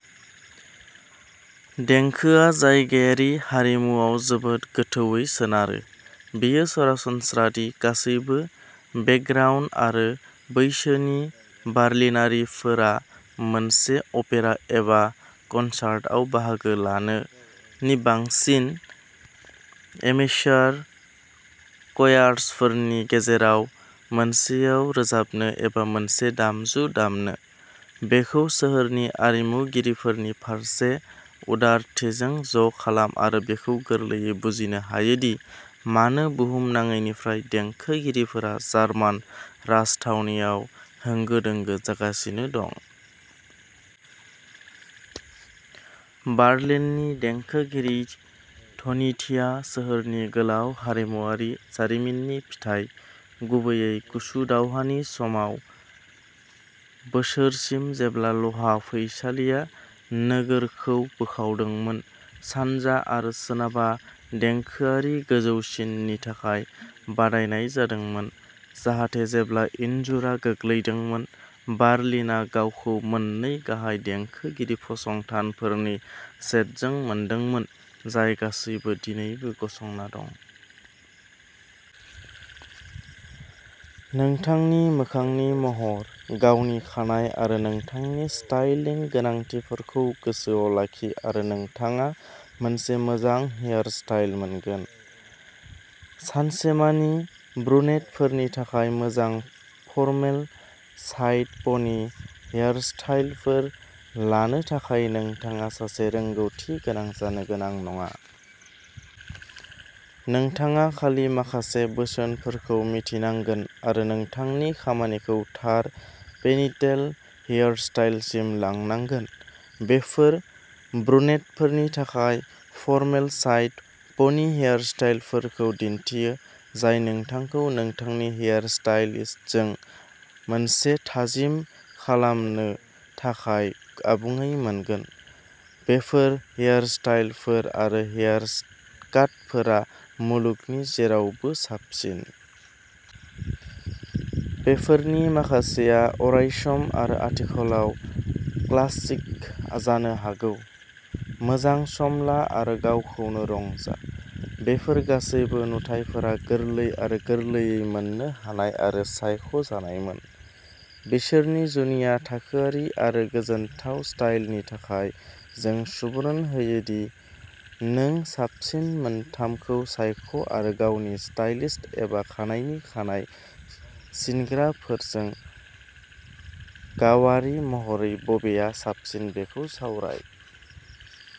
देंखोआ जायगायारि हारिमुआव जोबोद गोथौवै सोनारो। बेयो सरासनस्रा दि गासैबो बेकग्राउन्ड आरो बैसोनि बार्लिनारिफोरा मोनसे अपेरा एबा कनसार्टआव बाहागो लानो, नि बांसिन एमेचार क'यार्सफोरनि गेजेराव मोनसेयाव रोजाबनो, एबा मोनसे दामजु दामनो। बेखौ सोहोरनि आरिमुगिरिफोरनि फारसे उदारथिजों ज'खालाम आरो बेखौ गोरलैयै बुजिनो हायो दि मानो बुहुमनाङैनिफ्राय देंखोगिरिफोरा जार्मान राजथावनिआव होंगो-दोंगो जागासिनो दं। बार्लिन्नि देंखोआरि धोनिथिया सोहोरनि गोलाव हारिमुआरि जारिमिननि फिथाय, गुबैयै गुसु दावहानि समावः बोसोरसिम जेब्ला लहा फैसालिआ नोगोरखौ बोखावदोंमोन, सानजा आरो सोनाबआ देंखोआरि गोजौसिननि थाखाय बादायनाय जादोंमोन, जाहाथे जेब्ला इनजुरआ गोग्लैदोंमोन, बार्लिना गावखौ मोननै गाहाय देंखोआरि फसंथानफोरनि सेटजों मोनदोंमोन, जाय गासैबो दिनैबो गसंना दं। नोंथांनि मोखांनि महर, गावनि खानाय, आरो नोंथांनि स्टाइलिं गोनांथिफोरखौ गोसोआव लाखि आरो नोंथाङा मोनसे मोजां हेयारस्टाइल मोनगोन। सानसेमानि ब्रुनेटफोरनि थाखाय मोजां फरमेल साइड पनि हेयारस्टाइलफोर लानो थाखाय नोंथाङा सासे रोंग'थिगोनां जानो गोनां नङा। नोंथाङा खालि माखासे बोसोनफोरखौ मिथिनांगोन आरो नोंथांनि खामानिखौ थार पनिटेल हेयारस्टाइलसिम लांनांगोन। बेफोर ब्रुनेटफोरनि थाखाय फरमेल साइड पनि हेयारस्टाइलफोरखौ दिन्थियो, जाय नोंथांखौ नोंथांनि हेयारस्टाइलिस्टजों मोनसे थाजिम खालामनो थाखाय आबुङै मोनगोन। बेफोर हेयारस्टाइलफोर आरो हेयारकाटफोरा मुलुगनि जेरावबो साबसिन। बेफोरनि माखासेआ अरायसम आरो आथिखालाव क्लासिक जानो हागौ। मोजां सम ला आरो गावखौनो रंजा, बेफोर गासैबो नुथाइफोरा गोरलै आरो गोरलैयै मोननो हानाय आरो सायख'जानायमोन। बिसोरनि जुनिया थाखोआरि आरो गोजोनथाव स्टाइलनि थाखाय। जों सुबुरुन होयो दि नों साबसिन मोनथामखौ सायख'आरो गावनि स्टाइलिस्ट एबा खानाइनि खानाय सिनग्राफोरजों गावारि महरै बबेआ साबसिन बेखौ सावराय।